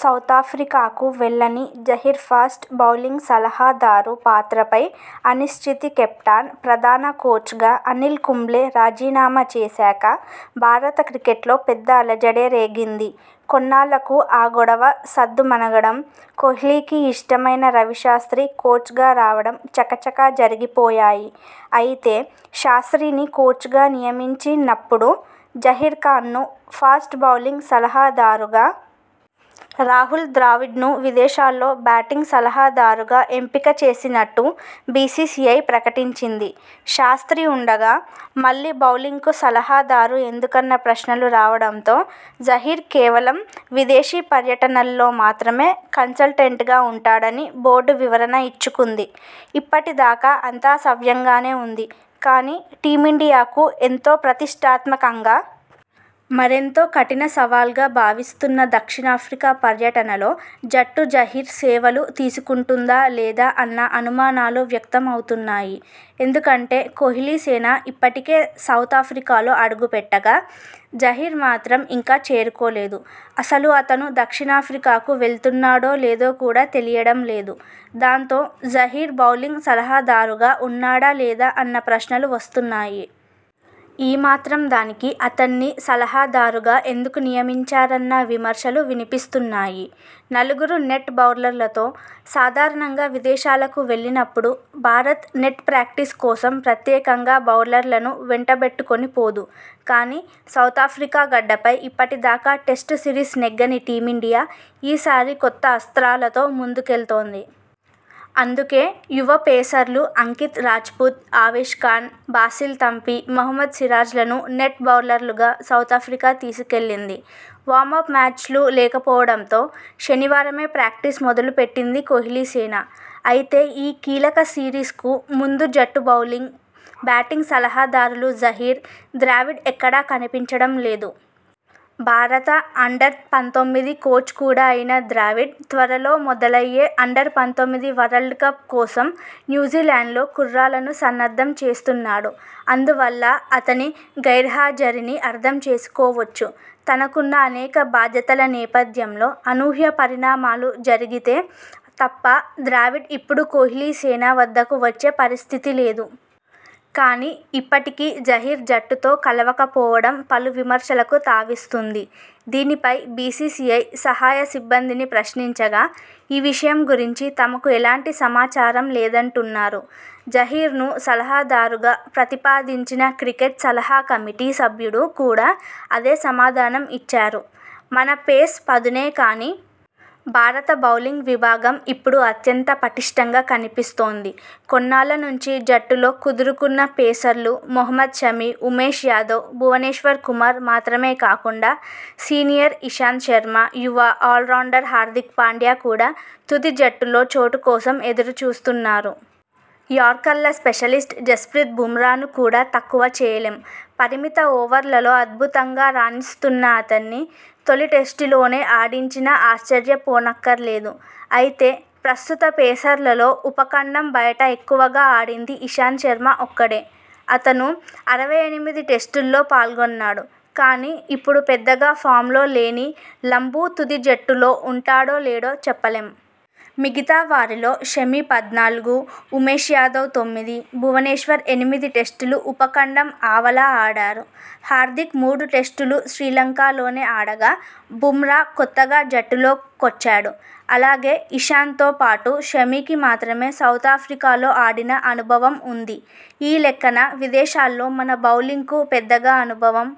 సౌతాఫ్రికాకు వెళ్లని Zaheer fast bowling సలహాదారు పాత్రపై అనిశ్చితికేప్టౌన్ ప్రధాన కోచ్గా అనిల్ కుంబ్లే రాజీనామా చేశాక భారత క్రికెట్లో పెద్ద అలజడే రేగింది. కొన్నాళ్లకు ఆ గొడవ సద్దుమణగడం.. కోహ్లీకి ఇష్టమైన రవిశాస్ర్తి కోచ్గా రావడం చకచకా జరిగిపోయాయి. అయితే.. శాస్ర్తిని కోచ్గా నియమించి నప్పుడు జహీర్ ఖాన్ను ఫాస్ట్ బౌలింగ్ సలహాదారుగా.. రాహుల్ ద్రావిడ్ను విదేశాల్లో బ్యాటింగ్ సలహాదారుగా ఎంపిక చేసినట్టు బీసీసీఐ ప్రకటించింది. శాస్ర్తి ఉండగా.. మళ్లీ బౌలింగ్కు సలహాదారు ఎందుకన్న ప్రశ్నలు రావడంతో జహీర్ కేవలం విదేశీ పర్యటనల్లో మాత్రమే కన్సల్టెంట్గా ఉంటాడని బోర్డు వివరణ ఇచ్చుకుంది. ఇప్పటిదాకా అంతా సవ్యంగానే ఉంది. కానీ, టీమిండియాకు ఎంతో ప్రతిష్టాత్మకంగా.. మరెంతో కఠిన సవాల్గా భావిస్తున్న దక్షిణాఫ్రికా పర్యటనలో జట్టు జహీర్ సేవలు తీసుకుంటుందా లేదా అన్న అనుమానాలు వ్యక్తం అవుతున్నాయి. ఎందుకంటే కోహ్లీసేన ఇప్పటికే సౌతాఫ్రికాలో అడుగుపెట్టగా.. జహీర్ మాత్రం ఇంకా చేరుకోలేదు. అసలు అతను దక్షిణాఫ్రికాకు వెళ్తున్నాడో లేదో కూడా తెలియడం లేదు. దాంతో, జహీర్ బౌలింగ్ సలహాదారుగా ఉన్నాడా లేడా అన్న ప్రశ్నలు వస్తున్నాయి. ఈ మాత్రం దానికి అతణ్ణి సలహాదారుగా ఎందుకు నియమించారన్న విమర్శలు వినిపిస్తున్నాయి. నలుగురు నెట్ బౌలర్లతో.. సాధారణంగా విదేశాలకు వెళ్లినప్పుడు భారత్ నెట్ ప్రాక్టీస్ కోసం ప్రత్యేకంగా బౌలర్లను వెంటబెట్టుకొని పోదు. కానీ, సౌతాఫ్రికా గడ్డపై ఇప్పటిదాకా టెస్టు సిరీస్ నెగ్గని టీమిండియా ఈ సారి కొత్త అస్ర్తాలతో ముందుకెళ్తోంది. అందుకే.. యువ పేసర్లు అంకిత్ రాజ్పుత్, అవేశ్ ఖాన్, బాసిల్ థంపి, మహమ్మద్ సిరాజ్లను నెట్ బౌలర్లుగా సౌతాఫ్రికా తీసుకెళ్లింది. వామప్ మ్యాచ్లు లేకపోవడంతో.. శనివారమే ప్రాక్టీస్ మొదలు పెట్టింది కోహ్లీసేన. అయితే, ఈ కీలక సిరీస్కు ముందు జట్టు బౌలింగ్, బ్యాటింగ్ సలహాదారులు జహీర్, ద్రావిడ్ ఎక్కడా కనిపించడం లేదు. భారత అండర్-పంతొమ్మిది కోచ్ కూడా అయిన ద్రావిడ్ త్వరలో మొదలయ్యే అండర్-పంతొమ్మిది వరల్డ్ కప్ కోసం న్యూజిలాండ్లో కుర్రాళ్లను సన్నద్ధం చేస్తున్నాడు. అందువల్ల అతని గైర్హాజరీని అర్థం చేసుకోవచ్చు. తనకున్న అనేక బాధ్యతల నేపథ్యంలో అనూహ్య పరిణామాలు జరిగితే తప్ప ద్రావిడ్ ఇప్పుడు కోహ్లీసేన వద్దకు వచ్చే పరిస్థితి లేదు. కానీ, ఇప్పటికీ జహీర్ జట్టుతో కలవకపోవడం పలు విమర్శలకు తావిస్తోంది. దీనిపై బీసీసీఐ సహాయ సిబ్బందిని ప్రశ్నించగా.. ఈ విషయం గురించి తమకు ఎలాంటి సమాచారం లేదంటున్నా రు. జహీర్ను సలహాదారుగా ప్రతిపాదించిన క్రికెట్ సలహా కమిటీ సభ్యుడు కూడా అదే సమాధానం ఇచ్చారు. మన పేస్ పదునే కానీ.. భారత బౌలింగ్ విభాగం ఇప్పుడు అత్యంత పటిష్ఠంగా కనిపిస్తోంది. కొన్నాళ్ల నుంచి జట్టులో కుదురుకున్న పేసర్లు మహమ్మద్ షమి, ఉమేష్ యాదవ్, భువనేశ్వర్ కుమార్ మాత్రమే కాకుండా సీనియర్ ఇషాంత్ శర్మ, యువ ఆల్రౌండర్ హార్దిక్ పాండ్యా కూడా తుది జట్టులో చోటు కోసం ఎదురు చూస్తున్నారు. యార్కర్ల స్పెషలిస్ట్ జస్ప్రీత్ బుమ్రాను కూడా తక్కువ చేయలేం. పరిమిత ఓవర్లలో అద్భుతంగా రాణిస్తున్న అతణ్ణి తొలి టెస్టులోనే ఆడించినా ఆశ్చర్యపోనక్కర్లేదు. అయితే, ప్రస్తుత పేసర్లలో ఉపఖండం బయట ఎక్కువగా ఆడింది ఇషాంత్ శర్మ ఒక్కడే. అతను.. అరవై ఎనిమిది టెస్టుల్లో పాల్గొన్నాడు. కానీ, ఇప్పుడు పెద్దగా ఫామ్లో లేని లంబూ తుది జట్టులో ఉంటాడో లేడో చెప్పలేం. మిగతా వారిలో షమి పద్నాలుగు, ఉమేష్ యాదవ్ తొమ్మిది, భువనేశ్వర్ ఎనిమిది టెస్టులు ఉపఖండం ఆవల ఆడారు. హార్దిక్ మూడు టెస్టులు శ్రీలంకలోనే ఆడగా.. బుమ్రా కొత్తగా జట్టులో కొచ్చాడు. అలాగే, ఇషాంత్తో పాటు షమికి మాత్రమే సౌతాఫ్రికా లో ఆడిన అనుభవం ఉంది. ఈ లెక్కన విదేశాల్లో మన బౌలింగ్కు పెద్దగా అనుభవం.